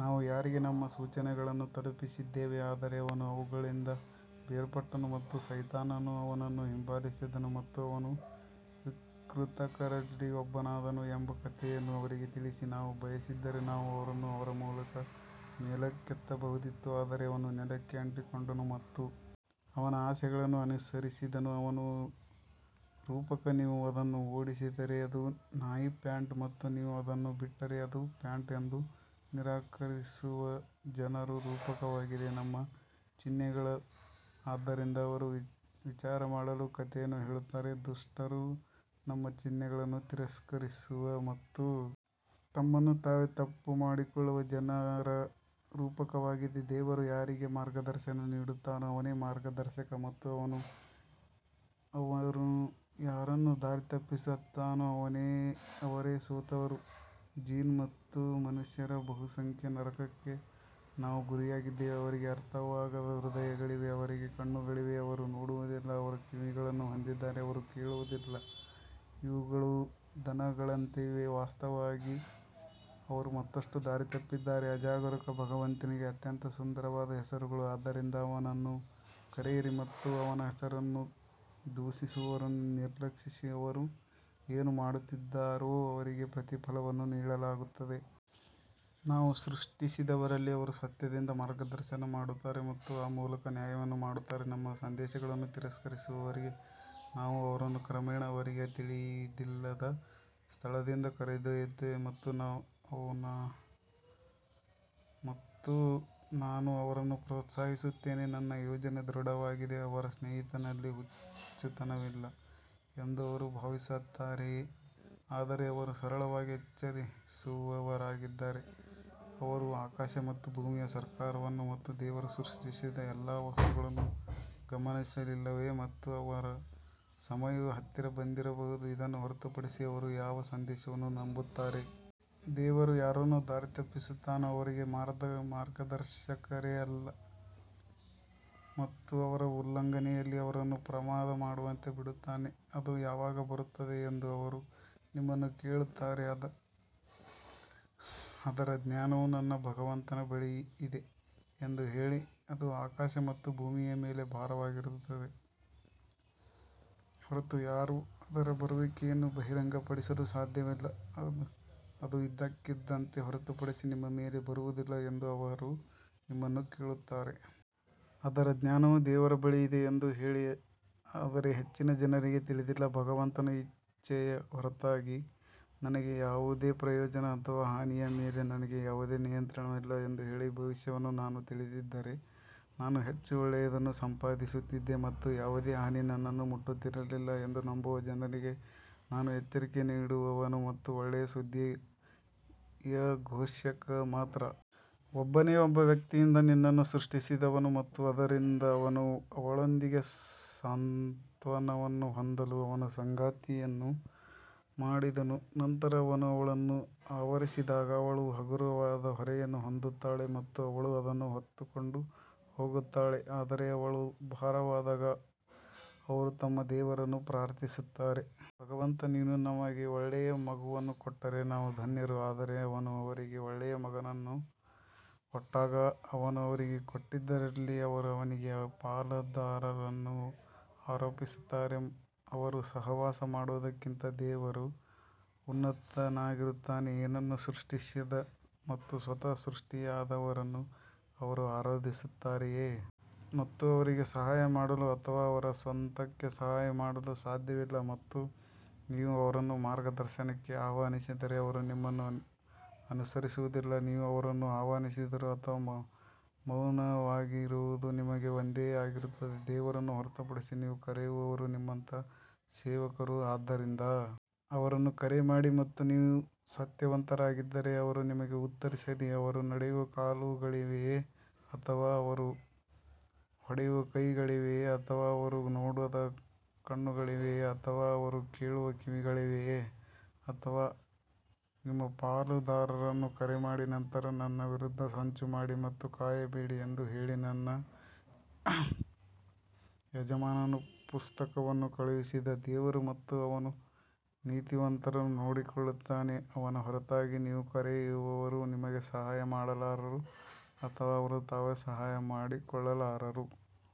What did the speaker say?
ನಾವು ಯಾರಿಗೆ ನಮ್ಮ ಸೂಚನೆಗಳನ್ನು ತಲುಪಿಸಿದ್ದೇವೆ ಆದರೆ ಅವನು ಅವುಗಳಿಂದ ಬೇರ್ಪಟ್ಟನು ಮತ್ತು ಸೈತಾನನು ಅವನನ್ನು ಹಿಂಬಾಲಿಸಿದನು ಮತ್ತು ಅವನು ವಿಕೃತಕರಲ್ಲಿ ಒಬ್ಬನಾದನು ಎಂಬ ಕಥೆಯನ್ನು ಅವರಿಗೆ ತಿಳಿಸಿ. ನಾವು ಬಯಸಿದ್ದರೆ ನಾವು ಅವರನ್ನು ಅವರ ಮೂಲಕ ಮೇಲಕ್ಕೆತ್ತಬಹುದಿತ್ತು ಆದರೆ ಅವನು ನೆಲಕ್ಕೆ ಅಂಟಿಕೊಂಡನು ಮತ್ತು ಅವನ ಆಸೆಗಳನ್ನು ಅನುಸರಿಸಿದನು ಅವನ ರೂಪಕ ನೀವು ಅದನ್ನು ಓಡಿಸಿದರೆ ಅದು ನಾಯಿ ಪ್ಯಾಂಟ್ ಮತ್ತು ನೀವು ಅದನ್ನು ಬಿಟ್ಟರೆ ಅದು ಪ್ಯಾಂಟ್ ಎಂದು ನಿರಾಕರಿಸುವ ಜನರ ರೂಪಕವಾಗಿದೆ ನಮ್ಮ ಚಿಹ್ನೆಗಳು ಆದ್ದರಿಂದ ಅವರು ವಿಚಾರಮಾಡಲು ಕಥೆಯನ್ನು ಹೇಳುತ್ತಾರೆ ದುಷ್ಟರು ನಮ್ಮ ಚಿಹ್ನೆಗಳನ್ನು ತಿರಸ್ಕರಿಸುವ ಮತ್ತು ತಮ್ಮನ್ನು ತಾವೇ ತಪ್ಪುಮಾಡಿಕೊಳ್ಳುವ ಜನರ ರೂಪಕವಾಗಿದೆ ದೇವರು ಯಾರಿಗೆ ಮಾರ್ಗದರ್ಶನ ನೀಡುತ್ತಾನೋ ಅವನೇ ಮಾರ್ಗದರ್ಶಕ ಮತ್ತು ಅವನು ಯಾರನ್ನು ದಾರಿ ತಪ್ಪಿಸುತ್ತಾನೋ ಅವರೇ ಸೋತವರು ಜಿನ್ ಮತ್ತು ಮನುಷ್ಯರ ಬಹುಸಂಖ್ಯೆಯ ನರಕಕ್ಕೆ ನಾವು ಗುರಿಯಾಗಿದ್ದೇವೆ ಅವರಿಗೆ ಅರ್ಥವಾಗದ ಹೃದಯಗಳಿವೆ ಅವರಿಗೆ ಕಣ್ಣುಗಳಿವೆ ಅವರು ನೋಡುವುದಿಲ್ಲ ಅವರು ಕಿವಿಗಳನ್ನು ಹೊಂದಿದ್ದಾರೆ ಅವರು ಕೇಳುವುದಿಲ್ಲ ಇವುಗಳು ದನಗಳಂತೆ ಇವೆ ವಾಸ್ತವವಾಗಿ ಅವರು ಮತ್ತಷ್ಟು ದಾರಿತಪ್ಪಿದ್ದಾರೆ ಅಜಾಗರೂಕ ಭಗವಂತನಿಗೆ ಅತ್ಯಂತ ಸುಂದರವಾದ ಹೆಸರುಗಳು, ಆದ್ದರಿಂದ ಅವನನ್ನು ಕರೆಯಿರಿ ಮತ್ತು ಅವನ ಹೆಸರನ್ನು ದೂಷಿಸುವವರನ್ನು ನಿರ್ಲಕ್ಷಿಸಿ ಅವರು ಏನು ಮಾಡುತ್ತಿದ್ದಾರೋ ಅವರಿಗೆ ಪ್ರತಿಫಲವನ್ನು ನೀಡಲಾಗುತ್ತದೆ. ನಾವು ಸೃಷ್ಟಿಸಿದವರಲ್ಲಿ ಅವರು ಸತ್ಯದಿಂದ ಮಾರ್ಗದರ್ಶನ ಮಾಡುತ್ತಾರೆ ಮತ್ತು ಆ ಮೂಲಕ ನ್ಯಾಯವನ್ನು ಮಾಡುತ್ತಾರೆ ನಮ್ಮ ಸಂದೇಶಗಳನ್ನು ತಿರಸ್ಕರಿಸುವವರಿಗೆ ನಾವು ಅವರನ್ನು ಕ್ರಮೇಣ ಅವರಿಗೆ ತಿಳಿದಿಲ್ಲದ ಸ್ಥಳದಿಂದ ಕರೆದೊಯ್ಯುತ್ತೇವೆ ಮತ್ತು ನಾನು ಅವರನ್ನು ಪ್ರೋತ್ಸಾಹಿಸುತ್ತೇನೆ ನನ್ನ ಯೋಜನೆ ದೃಢವಾಗಿದೆ ಅವರ ಸ್ನೇಹಿತನಲ್ಲಿ ಹುಚ್ಚುತನವಿಲ್ಲ ಎಂದು ಅವರು ಭಾವಿಸುತ್ತಾರೆಯೇ ಆದರೆ ಅವರು ಸರಳವಾಗಿ ಎಚ್ಚರಿಸುವವರಾಗಿದ್ದಾರೆ ಅವರು ಆಕಾಶ ಮತ್ತು ಭೂಮಿಯ ಸರ್ಕಾರವನ್ನು ಮತ್ತು ದೇವರು ಸೃಷ್ಟಿಸಿದ ಎಲ್ಲಾ ವಸ್ತುಗಳನ್ನು ಗಮನಿಸಲಿಲ್ಲವೇ ಮತ್ತು ಅವರ ಸಮಯವು ಹತ್ತಿರ ಬಂದಿರಬಹುದು ಇದನ್ನು ಹೊರತುಪಡಿಸಿ ಅವರು ಯಾವ ಸಂದೇಶವನ್ನು ನಂಬುತ್ತಾರೆ? ದೇವರು ಯಾರನ್ನು ದಾರಿತಪ್ಪಿಸುತ್ತಾನೋ ಅವರಿಗೆ ಮಾರ್ಗದರ್ಶಕರೇ ಇಲ್ಲ ಮತ್ತು ಅವರ ಉಲ್ಲಂಘನೆಯಲ್ಲಿ ಅವರನ್ನು ಪ್ರಮಾದ ಮಾಡುವಂತೆ ಬಿಡುತ್ತಾನೆ ಅದು ಯಾವಾಗ ಬರುತ್ತದೆ ಎಂದು ಅವರು ನಿಮ್ಮನ್ನು ಕೇಳುತ್ತಾರೆ, ಅದರ ಜ್ಞಾನವು ನನ್ನ ಭಗವಂತನ ಬಳಿ ಇದೆ ಎಂದು ಹೇಳಿ, ಅದು ಆಕಾಶ ಮತ್ತು ಭೂಮಿಯ ಮೇಲೆ ಭಾರವಾಗಿರುತ್ತದೆ ಹೊರತು ಯಾರೂ ಅದರ ಬರುವಿಕೆಯನ್ನು ಬಹಿರಂಗಪಡಿಸಲು ಸಾಧ್ಯವಿಲ್ಲ, ಅದು ಇದ್ದಕ್ಕಿದ್ದಂತೆ ಹೊರತುಪಡಿಸಿ ನಿಮ್ಮ ಮೇಲೆ ಬರುವುದಿಲ್ಲ ಎಂದು ಅವರು ನಿಮ್ಮನ್ನು ಕೇಳುತ್ತಾರೆ. ಅದರ ಜ್ಞಾನವು ದೇವರ ಬಳಿ ಇದೆ ಎಂದು ಹೇಳಿ ಆದರೆ ಹೆಚ್ಚಿನ ಜನರಿಗೆ ತಿಳಿದಿಲ್ಲ ಭಗವಂತನ ಇಚ್ಛೆಯ ಹೊರತಾಗಿ ನನಗೆ ಯಾವುದೇ ಪ್ರಯೋಜನ ಅಥವಾ ಹಾನಿಯ ಮೇಲೆ ನನಗೆ ಯಾವುದೇ ನಿಯಂತ್ರಣವಿಲ್ಲ ಎಂದು ಹೇಳಿ, ಭವಿಷ್ಯವನ್ನು ನಾನು ತಿಳಿದಿದ್ದರೆ ನಾನು ಹೆಚ್ಚು ಒಳ್ಳೆಯದನ್ನು ಸಂಪಾದಿಸುತ್ತಿದ್ದೆ ಮತ್ತು ಯಾವುದೇ ಹಾನಿ ನನ್ನನ್ನು ಮುಟ್ಟುತ್ತಿರಲಿಲ್ಲ ಎಂದು ನಂಬುವ ಜನರಿಗೆ ನಾನು ಎಚ್ಚರಿಕೆ ನೀಡುವವನು ಮತ್ತು ಒಳ್ಳೆಯ ಸುದ್ದಿಯ ಘೋಷಕ ಮಾತ್ರ. ಒಬ್ಬನೇ ಒಬ್ಬ ವ್ಯಕ್ತಿಯಿಂದ ನಿನ್ನನ್ನು ಸೃಷ್ಟಿಸಿದವನು ಮತ್ತು ಅದರಿಂದ ಅವನು ಅವಳೊಂದಿಗೆ ಸಾಂತ್ವನವನ್ನು ಹೊಂದಲು ಅವನ ಸಂಗಾತಿಯನ್ನು ಮಾಡಿದನು ನಂತರ ಅವನು ಅವಳನ್ನು ಆವರಿಸಿದಾಗ ಅವಳು ಹಗುರವಾದ ಹೊರೆಯನ್ನು ಹೊಂದುತ್ತಾಳೆ ಮತ್ತು ಅವಳು ಅದನ್ನು ಹೊತ್ತುಕೊಂಡು ಹೋಗುತ್ತಾಳೆ ಆದರೆ ಅವಳು ಭಾರವಾದಾಗ ಅವರು ತಮ್ಮ ದೇವರನ್ನು ಪ್ರಾರ್ಥಿಸುತ್ತಾರೆ. ಭಗವಂತ ನೀನು ನಮಗೆ ಒಳ್ಳೆಯ ಮಗುವನ್ನು ಕೊಟ್ಟರೆ ನಾವು ಧನ್ಯರು ಆದರೆ ಅವನು ಅವರಿಗೆ ಒಳ್ಳೆಯ ಮಗುವನ್ನು ಕೊಟ್ಟಾಗ ಅವನು ಅವರಿಗೆ ಕೊಟ್ಟಿದ್ದರಲ್ಲಿ ಅವರು ಅವನಿಗೆ ಪಾಲುದಾರರನ್ನು ಆರೋಪಿಸುತ್ತಾರೆ, ಅವರು ಸಹವಾಸ ಮಾಡುವದಕ್ಕಿಂತ ದೇವರು ಉನ್ನತನಾಗಿರುತ್ತಾನೆ. ಏನನ್ನೂ ಸೃಷ್ಟಿಸದ ಮತ್ತು ಸ್ವತಃ ಸೃಷ್ಟಿಯಾದವರನ್ನು ಅವರು ಆರಾಧಿಸುತ್ತಾರೆಯೇ? ಮತ್ತು ಅವರಿಗೆ ಸಹಾಯ ಮಾಡಲು ಅಥವಾ ಅವರ ಸ್ವಂತಕ್ಕೆ ಸಹಾಯ ಮಾಡಲು ಸಾಧ್ಯವಿಲ್ಲ ಮತ್ತು ನೀವು ಅವರನ್ನು ಮಾರ್ಗದರ್ಶನಕ್ಕೆ ಆಹ್ವಾನಿಸಿದರೆ ಅವರು ನಿಮ್ಮನ್ನು ಅನುಸರಿಸುವುದಿಲ್ಲ ನೀವು ಅವರನ್ನು ಆಹ್ವಾನಿಸಿದರೂ ಅಥವಾ ಮೌನವಾಗಿರುವುದು ನಿಮಗೆ ಒಂದೇ ಆಗಿರುತ್ತದೆ. ದೇವರನ್ನು ಹೊರತುಪಡಿಸಿ ನೀವು ಕರೆಯುವವರು ನಿಮ್ಮಂತಹ ಸೇವಕರು ಆದ್ದರಿಂದ ಅವರನ್ನು ಕರೆ ಮಾಡಿ ಮತ್ತು ನೀವು ಸತ್ಯವಂತರಾಗಿದ್ದರೆ ಅವರು ನಿಮಗೆ ಉತ್ತರಿಸಲಿ ಅವರು ನಡೆಯುವ ಕಾಲುಗಳಿವೆಯೇ ಅಥವಾ ಅವರು ಹೊಡೆಯುವ ಕೈಗಳಿವೆಯೇ ಅಥವಾ ಅವರು ನೋಡುವ ಕಣ್ಣುಗಳಿವೆಯೇ ಅಥವಾ ಅವರು ಕೇಳುವ ಕಿವಿಗಳಿವೆಯೇ ಅಥವಾ ನಿಮ್ಮ ಪಾಲುದಾರರನ್ನು ಕರೆ ಮಾಡಿ ನಂತರ ನನ್ನ ವಿರುದ್ಧ ಸಂಚು ಮಾಡಿ ಮತ್ತು ಕಾಯಬೇಡಿ ಎಂದು ಹೇಳಿ ನನ್ನ ಯಜಮಾನನು ಪುಸ್ತಕವನ್ನು ಕಳುಹಿಸಿದ ದೇವರು ಮತ್ತು ಅವನು ನೀತಿವಂತರನ್ನು ನೋಡಿಕೊಳ್ಳುತ್ತಾನೆ ಅವನ ಹೊರತಾಗಿ ನೀವು ಕರೆಯುವವರು ನಿಮಗೆ ಸಹಾಯ ಮಾಡಲಾರರು ಅಥವಾ ಅವರು ತಾವೇ ಸಹಾಯ ಮಾಡಿಕೊಳ್ಳಲಾರರು.